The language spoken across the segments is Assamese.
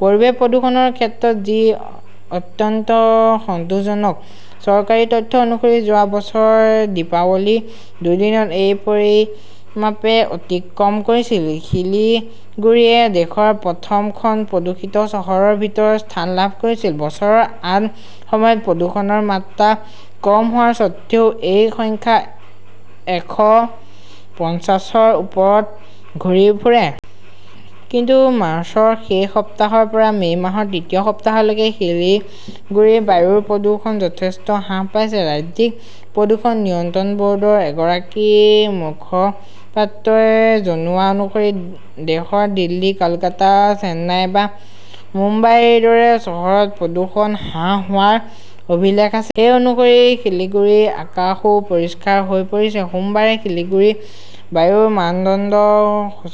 পৰিৱেশ প্ৰদূষণৰ ক্ষেত্ৰত যি অত্যন্ত সন্তোষজনক। চৰকাৰী তথ্য অনুসৰি যোৱা বছৰ দীপাৱলীৰ দুদিনত এই পৰিমাপে অতিক্ৰম কৰিছিল। শিলিগুৰীয়ে দেশৰ প্ৰথম খন প্ৰদূষিত চহৰৰ ভিতৰত স্থান লাভ কৰিছিল। বছৰৰ আন সময়ত প্ৰদূষণৰ মাত্ৰা কম হোৱাৰ স্বত্ত্বেও এই সংখ্যা একশ পঞ্চাশৰ ওপৰত ঘূৰি ফুৰে। কিন্তু মাৰ্চৰ শেষ সপ্তাহৰ পৰা মে 'মাহৰ তৃতীয় সপ্তাহলৈকে শিলিগুৰিৰ বায়ুৰ প্ৰদূষণ যথেষ্ট হ্ৰাস পাইছে। ৰাজ্যিক প্ৰদূষণ নিয়ন্ত্ৰণ বৰ্ডৰ এগৰাকী মুখপাত্ৰই জনোৱা অনুসৰি দেশৰ দিল্লী, কলকাতা, চেন্নাই বা মুম্বাইৰ দৰে চহৰত প্ৰদূষণ হ্ৰাস হোৱাৰ অভিলেখ আছে। সেই অনুসৰি শিলিগুৰিৰ আকাশও পৰিষ্কাৰ হৈ পৰিছে। সোমবাৰে শিলিগুৰিৰ বায়ুৰ মানদণ্ড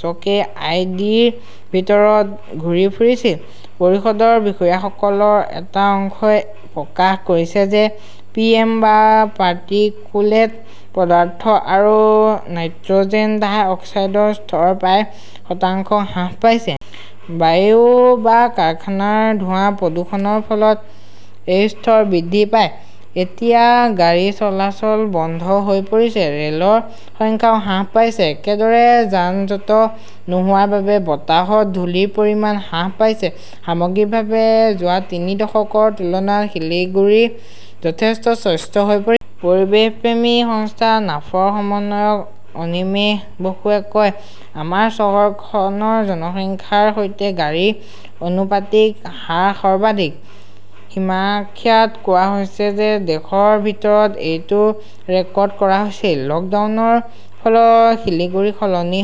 সূচকে আই. ডি. ৰ ভিতৰত ঘূৰি ফুৰিছিল। পৰিষদৰ বিষয়াসকলৰ এটা অংশই প্ৰকাশ কৰিছে যে পিএম বা পাৰ্টিকুলেট পদাৰ্থ আৰু নাইট্ৰজেন ডাই অক্সাইডৰ স্তৰ প্ৰায় শতাংশ হ্ৰাস পাইছে। বায়ু বা কাৰখানাৰ ধোঁৱা, প্ৰদূষণৰ ফলত এই স্তৰ বৃদ্ধি পায়। এতিয়া গাড়ী চলাচল বন্ধ হৈ পৰিছে, ৰেলৰ সংখ্যাও হ্ৰাস পাইছে। একেদৰে, যান-জঁট নোহোৱাৰ বাবে বতাহত ধূলিৰ পৰিমাণ হ্ৰাস পাইছে। সামগ্ৰিকভাৱে, যোৱা তিনি দশকৰ তুলনাত শিলিগুৰি যথেষ্ট স্বচ্ছ হৈ পৰিছে। পৰিৱেশপ্ৰেমী সংস্থা নাফৰ সমন্বয়ক অনিমেশ বসুৱে কয়, আমাৰ চহৰখনৰ জনসংখ্যাৰ সৈতে গাড়ীৰ অনুপাতিক হাৰ সৰ্বাধিক। সমীক্ষাত কোৱা হৈছে যে দেশৰ ভিতৰত এইটো ৰেকৰ্ড কৰা হৈছিল। লকডাউনৰ ফলত শিলিগুৰি সলনি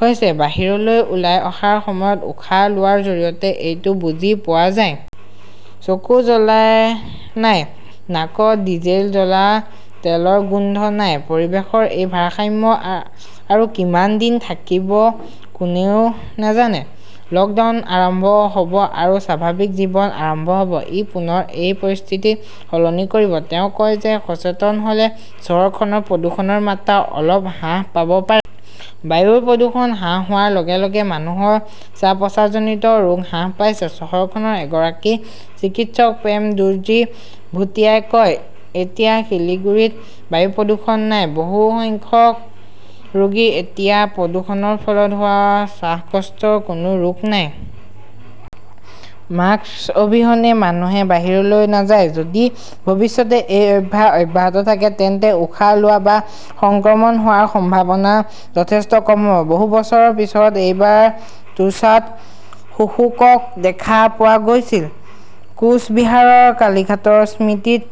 হৈছে। বাহিৰলৈ ওলাই অহাৰ সময়ত উশাহ লোৱাৰ জৰিয়তে এইটো বুজি পোৱা যায়। চকু জ্বলা নাই, নাকত ডিজেল জ্বলা তেলৰ গোন্ধ নাই। পৰিৱেশৰ এই ভাৰসাম্য আৰু কিমান দিন থাকিব কোনে জানে! লকডাউন আৰম্ভ হব আৰু স্বাভাৱিক জীৱন আৰম্ভ হব। ই পুনৰ এই পৰিস্থিতি সলনি কৰিব। তেওঁ কয় যে সচেতন হলে চহৰখনৰ প্ৰদূষণৰ মাত্ৰা অলপ হ্ৰাস পাব পাৰে। বায়ুৰ প্ৰদূষণ হ্ৰাস হোৱাৰ লগে লগে মানুহৰ শ্বাস-প্ৰশ্বাসজনিত ৰোগ হ্ৰাস পাইছে। চহৰখনৰ এগৰাকী চিকিৎসক প্ৰেম দৰ্জী ভূটিয়াই কয়, এতিয়া শিলিগুড়িত বায়ু প্ৰদূষণ নাই। বহু সংখ্যক ৰোগীৰ এতিয়া প্ৰদূষণৰ ফলত হোৱা শ্বাসকষ্টৰ কোনো ৰোগ নাই। মাস্ক অবিহনে মানুহে বাহিৰলৈ নাযায়। যদি ভৱিষ্যতে এই অভ্যাস অব্যাহত থাকে, তেন্তে উশাহ লোৱা বা সংক্ৰমণ হোৱাৰ সম্ভাৱনা যথেষ্ট কম হব। বহু বছৰৰ পিছত এইবাৰ তোৰ্চাত শুশুকক দেখা পোৱা গৈছিল, কোচ বিহাৰৰ কালিঘাটৰ স্মৃতিত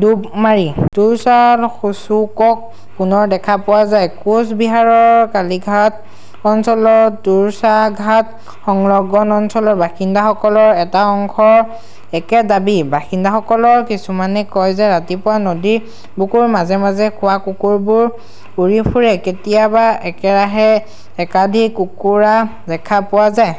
ডুব মাৰি। তোৰ্চাত শুছুকক পুনৰ দেখা পোৱা যায়। কোচ বিহাৰৰ কালীঘাট অঞ্চলৰ তোৰছা ঘাট সংলগ্ন অঞ্চলৰ বাসিন্দাসকলৰ এটা অংশৰ একে দাবী। বাসিন্দাসকলৰ কিছুমানে কয় যে ৰাতিপুৱা নদীৰ বুকুৰ মাজে মাজে শুৱা কুকুৰবোৰ উৰি ফুৰে। কেতিয়াবা একেৰাহে একাধিক কুকুৰা দেখা পোৱা যায়।